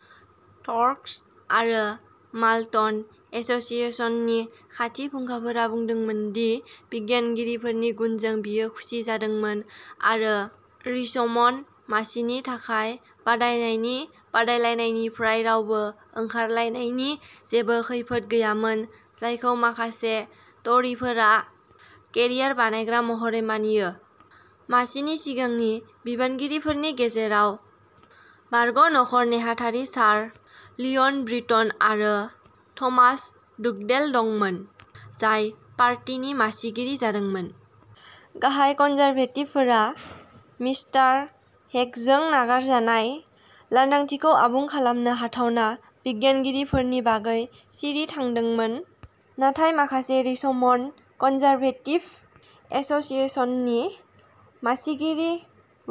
" Thirsk आरो Malton एस'सिएशननि खाथि फुंखाफोरा बुंदोंमोन दि बिनायगिरिफोरनि गुनजों बियो खुसि जादोंमोन। आरो रिचमन्ड मासिनि थाखाय बादायनायनि बादायलायनायनिफ्राय रावबो ओंखारलांनायनि जेबो खैफोद गैयामोन, जायखौ माखासे ट'रीफोरा "केरियार बानायग्रा" महरै मानियो। मासिनि सिगांनि बिबानगिरिफोरनि गेजेराव बारग'नखर नेहाथारि सार लिय'न ब्रिटन आरो थ'मास डुगडेल दंमोन, जाय पार्टीनि मासिगिरि जादोंमोन। गाहाय कनजारभेटिभफोरा मिस्टार हेगजों नागारजानाय लांदांथिखौ आबुं खालामनो हाथावना बिनायगिरिफोरनि बागै सिरि थादोंमोन, नाथाय माखासेया रिचमन्ड कनजारभेटिभ एस'सिएशननि मासिगिरि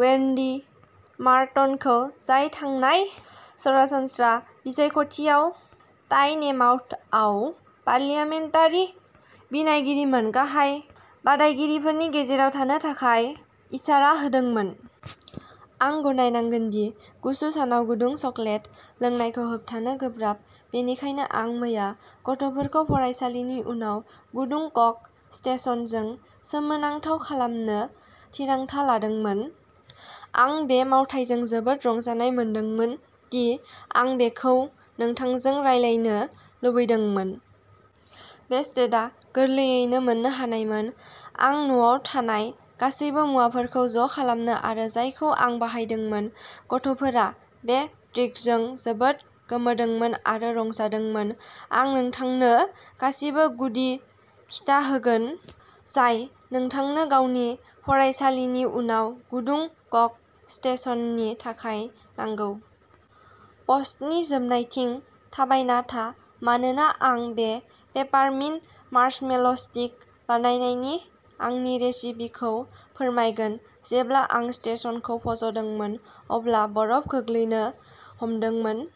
वेन्डी मर्टनखौ, जाय थांनाय सरासनस्रा बिसायख'थियाव टाइनेमाउथआव पार्लियामेन्टारि बिनायगिरिमोन, गाहाय बादायगिरिफोरनि गेजेराव थानो थाखाय इसारा होदोंमोन। आं गनायनांगोन दि गुसु सानाव गुदुं चकलेट लोंनायखौ होबथानो गोब्राब। बेनिखायनो आं मैया गथ'फोरखौ फरायसालिनि उनाव गुदुं क'क'स्टेशनजों सोमोनांथाव खालामनो थिरांथा लादोंमोन! आं बे मावथायजों जोबोद रंजानाय मोनदोंमोन दि आं बेखौ नोंथांजों रानलायनो लुबैदोंमोन! बे सेटआ गोरलैयैनो मोननो हानायमोन! आं न'आव थानाय गासैबो मुवाफोरखौ ज'खालामो आरो जायखौ आं बाहायदोंमोन। गथ'फोरा बे ट्रिटजों जोबोद गोमोदोंमोन आरो रंजादोंमोन। आं नोंथांनो गासिबो गुदि खिथा होगोन, जाय नोंथांनो गावनि फरायसालिनि उनाव गुदुं क'क'स्टेशननि थाखाय नांगौ! प'स्टनि जोबनायथिं थाबायना था, मानोना आं बे पेपारमिन्ट मार्शमेल'स्टिक बानायनायनि आंनि रेसिपिखौ फोरमायगोन! जेब्ला आं स्टेशनखौ फज'दोंमोन, अब्ला बरफ गोग्लैनो हमदोंमोन।